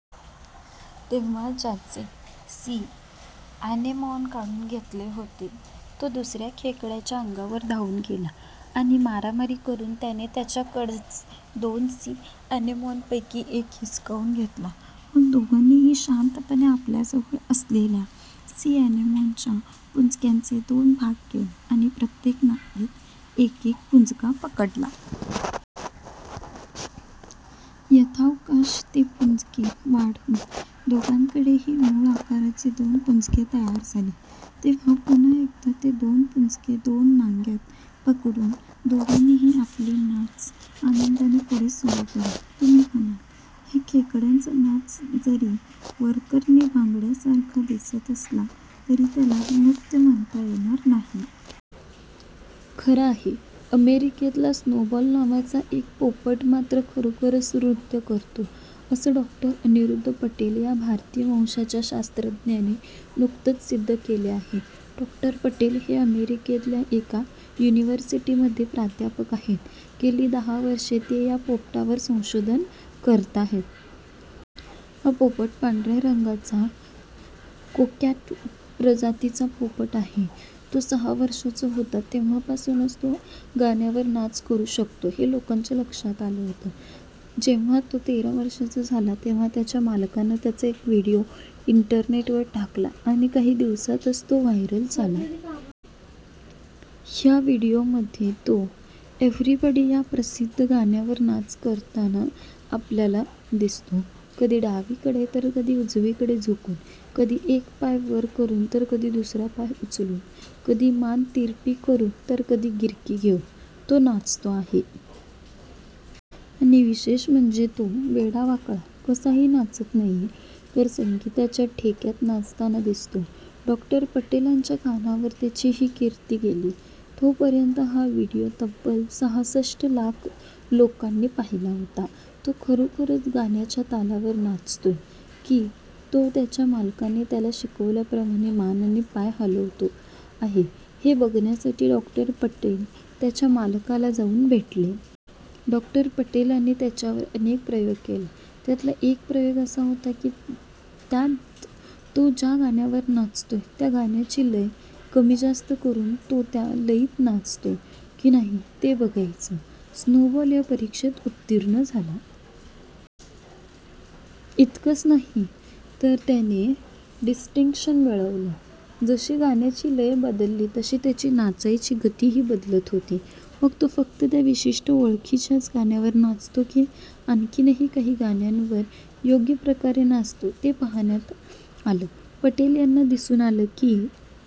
तेव्हा ज्याचे sea anemone काढून घेतले होते, तो दुसर्या खेकड्याच्या अंगावर धावून गेला आणि मारामारी करून त्याने त्याच्याकडच्या दोन सी अॅनेमॉनपैकी एक हिसकावून घेतला. मग दोघांनीही शांतपणे आपल्याजवळ असलेल्या सी अॅनेमॉनच्या पुंजक्याचे दोन भाग केले आणि प्रत्येक नांगीत एकेक पुंजका पकडला. यथावकाश ते पुंजके वाढून दोघांकडेही मूळ आकाराचे दोन पुंजके तयार झाले. तेव्हा पुन्हा एकदा ते दोन पुंजके दोन नांग्यांत पकडून दोघांनीही आपला नाच आनंदाने पुढे सुरू केला. तुम्ही म्हणाल, ह्या खेकड्यांचा नाच जरी वरकरणी भांगड्यासारखा दिसत असला तरी त्याला नृत्य म्हणता येणार नाही. खरं आहे. अमेरिकेतला स्नोबॉल नावाचा एक पोपट मात्र खरोखरच नृत्य करतो असं डॉ. अनिरुद्ध पटेल या भारतीय वंशाच्या शास्त्रज्ञाने नुकतंच सिद्ध केलं आहे. डॉ. पटेल हे अमेरिकेतल्या एका युनिव्हर्सिटीमध्ये प्राध्यापक आहेत. गेली दहा वर्षं ते या पोपटावर संशोधन करताहेत. हा पोपट पांढऱ्या रंगाचा कोकॅटू प्रजातीचा पोपट आहे. तो सहा वर्षाचा होता, तेव्हापासूनच तो गाण्यावर नाच करू शकतो हे लोकांच्या लक्षात आलं होतं. जेव्हा तो तेरा वर्षांचा झाला तेव्हा त्याच्या मालकानं त्याचा एक व्हिडिओ इंटरनेटवर टाकला आणि काही दिवसांतच तो व्हायरल झाला. या व्हिडिओमध्ये तो 'एव्हरीबडी' या प्रसिद्ध गाण्यावर नाच करताना आपल्याला दिसतो. कधी डावीकडे तर कधी उजवीकडे झुकून, कधी एक पाय वर करून तर कधी दुसरा पाय उचलून, कधी मान तिरपी करून तर कधी गिरकी घेऊन तो नाचतो आहे. आणि विशेष म्हणजे तो वेडावाकडा, कसाही नाचत नाहीये तर संगीताच्या ठेक्यात नाचताना दिसतो. डॉक्टर पटेलांच्या कानावर त्याची ही कीर्ती गेली, तोपर्यंत हा व्हिडिओ तब्बल सहासष्ट लाख लोकांनी पाहिला होता. तो खरोखरच गाण्याच्या तालावर नाचतोय, की तो त्याच्या मालकाने त्याला शिकवल्याप्रमाणे मान आणि पाय हलवतो आहे हे बघण्यासाठी डॉक्टर पटेल त्याच्या मालकाला जाऊन भेटले. डॉक्टर पटेलांनी त्याच्यावर अनेक प्रयोग केले. त्यातला एक प्रयोग असा होता की, त्यात तो ज्या गाण्यावर नाचतोय त्या गाण्याची लय कमीजास्त करून तो त्या लयीत नाचतो की नाही ते बघायचं. स्नोबॉल या परीक्षेत उत्तीर्ण झाला. इतकंच नाही तर त्याने डिस्टिंक्शन मिळवलं. जशी गाण्याची लय बदलली तशी त्याची नाचायची गतीही बदलत होती. मग तो फक्त त्या विशिष्ट, ओळखीच्याच गाण्यावर नाचतो की आणखीनही काही गाण्यांवरही योग्य प्रकारे नाचतो ते पाहण्यात आलं. पटेल यांना दिसून आलं की,